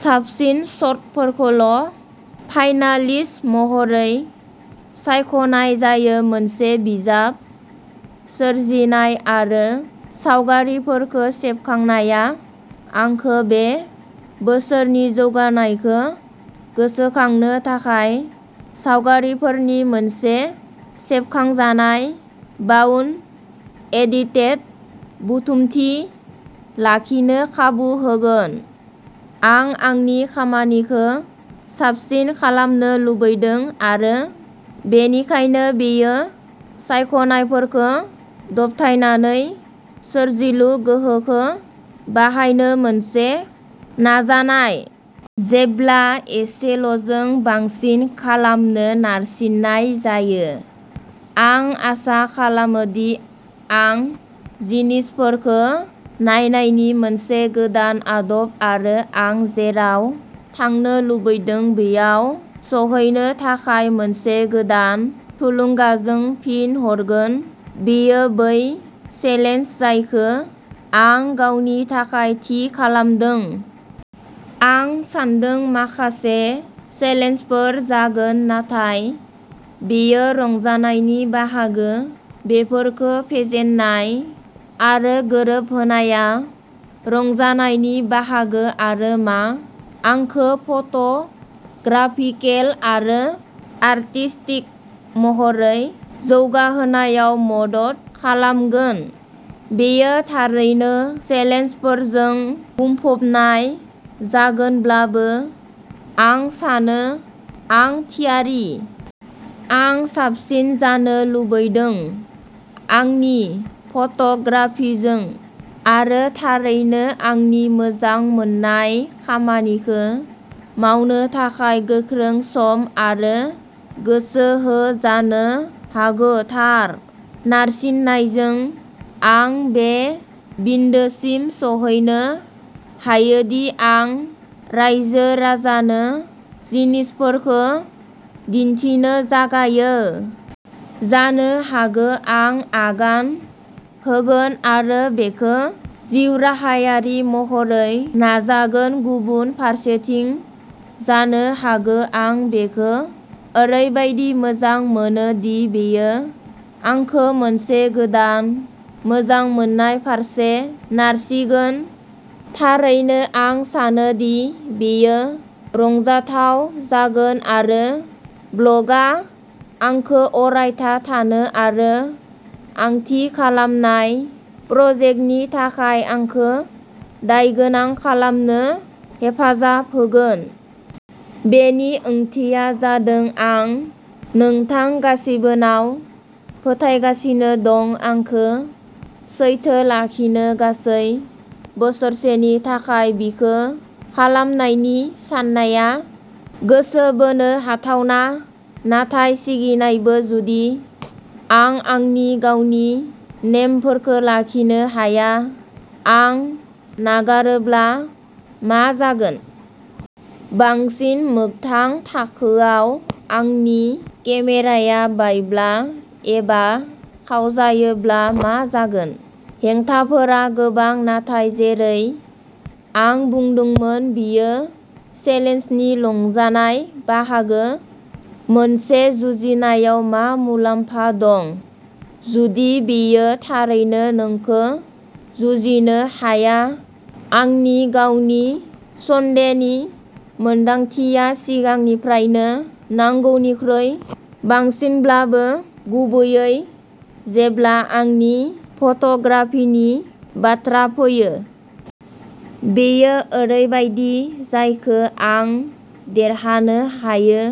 साबसिन शटफोरखौल' फाइनालिस्ट महरै सायख'नाय जायो। मोनसे बिजाब सोरजिनाय आरो सावगारिफोरखौ सेबखांनाया आंखौ बे बोसोरनि जौगानायखौ गोसोखांनो थाखाय सावगारिफोरनि मोनसे सेबखांजानाय बाउन्ड एडिटेड बुथुमथि लाखिनो खाबु होगोन। आं आंनि खामानिखौ साबसिन खालामनो लुबैदों आरो बेनिखायनो बेयो सायख'नायफोरखौ दबथायनानै सोरजिलु गोहोखौ बाहायनो मोनसे नाजानाय। जेब्ला एसेल'जों बांसिन खालामनो नारसिननाय जायो। आं आसा खालामो दि आं जिनिसफोरखौ नायनायनि मोनसे गोदान आदब आरो आं जेराव थांनो लुबैदों बैयाव सौहैनो थाखाय मोनसे गोदान थुलुंगाजों फिन हरगोन। बेयो बै चेलेन्ज जायखौ आं गावनि थाखाय थि खालामदों। आं सान्दों माखासे चेलेन्जफोर जागोन। नाथाय बेयो रंजानायनि बाहागो। बेफोरखौ फेजेननाय आरो गोरोबहोनाया रंजानायनि बाहागो आरो मा आंखौ फट'ग्राफिकेल आरो आर्टिस्टिक महरै जौगाहोनायाव मदद खालामगोन। बेयो थारैनो चेलेन्जफोरजों बुंफबनाय जागोनब्लाबो आं सानो आं थियारि। आं साबसिन जानो लुबैदों। आंनि फट'ग्राफिजों आरो थारैनो आंनि मोजां मोननाय खामानिखौ मावनो थाखाय गोख्रों सम आरो गोसो हो। जानो हागौ थार नारसिननायजों आं बे बिन्दोसिम सौहैनो हायो दि आं रायजो-राजानो जिनिसफोरखौ दिन्थिनो जागायो। जानो हागौ आं आगान होगोन आरो बेखौ जिउराहायारि महरै नाजागोन। गुबुन फारसेथिं जानो हागौ आं बेखौ ओरैबादि मोजां मोना दि बेयो आंखौ मोनसे गोदान मोजांमोननाय फारसे नारसिगोन। थारैनो आं सानो दि बेयो रंजाथाव जागोन आरो ब्ल'गआ आंखौ अरायथा थानो आरो आं थि खालामनाय प्रजेक्टनि थाखाय आंखौ दायगोनां खालामनो हेफाजाब होगोन। बेनि ओंथिया जादों आं नोंथां गासिबोनाव फोथायगासिनो दं आंखौ सैथो लाखिनो! गासै बोसोरसेनि थाखाय बेखौ खालामनायनि साननाया गोसो बोनो हाथावना। नाथाय सिगिनायबो। जुदि आं आंनि गावनि नेमफोरखौ लाखिनो हाया? आं नागारोब्ला मा जागोन? बांसिन मोगथां थाखोआव आंनि केमेराया बायब्ला एबा खावजायोब्ला मा जागोन? हेंथाफोरा गोबां। नाथाय जेरै आं बुंदोंमोन, बेयो चेलेन्जनि रंजानाय बाहागो। मोनसे जुजिनायाव मा मुलाम्फा दं। जुदि बेयो थारैनो नोंखौ जुजिनो हाया? आंनि गावनि सन्देहनि मोनदांथिया सिगांनिफ्रायनो नांगौनिख्रुइ बांसिनब्लाबो गुबैयै जेब्ला आंनि फट'ग्राफिनि बाथ्रा फैयो। बेयो ओरैबायदि जायखौ आं देरहानो हायो।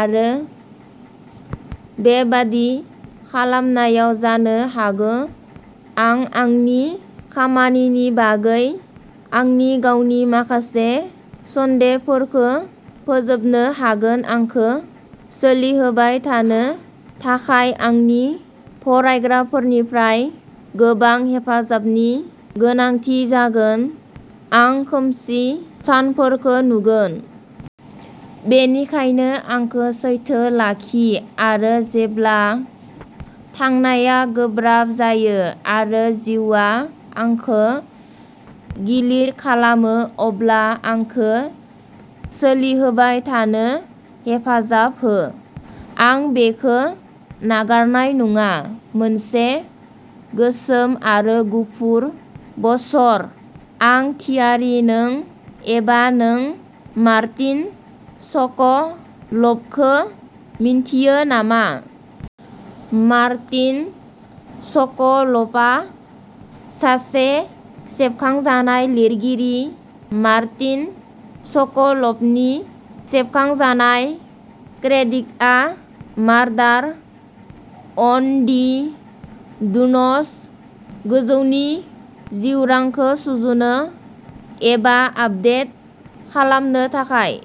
आरो बेबादि खालामनायाव जानो हागौ आं आंनि खामानिनि बागै आंनि गावनि माखासे सन्देहफोरखौ फोजोबनो हागोन। आंखौ सोलिहोबाय थानो थाखाय आंनि फरायग्राफोरनिफ्राय गोबां हेफाजाबनि गोनांथि जागोन। आं खोमसि सानफोरखौ नुगोन। बेनिखायनो आंखौ सैथो लाखि आरो जेब्ला थांनायआ गोब्राब जायो आरो जिउआ आंखौ गिलिर खालामो अब्ला आंखौ सोलिहोबाय थानो हेफाजाब हो। आं बेखौ नागारनाय नङा। मोनसे गोसोम आरो गुफुर बोसोर। आं थियारि नों एबा नों मार्टिन सक'लफखौ मिन्थियो नामा? मार्टिन सक’लफआ सासे सेबखांजानाय लिरगिरि। मार्टिन सक'लफनि सेबखांजानाय क्रेडिटआ मार्डार अन दि डुनस। गोजौनि जिउरांखौ सुजुनो एबा आपदेट खालामनो थाखाय।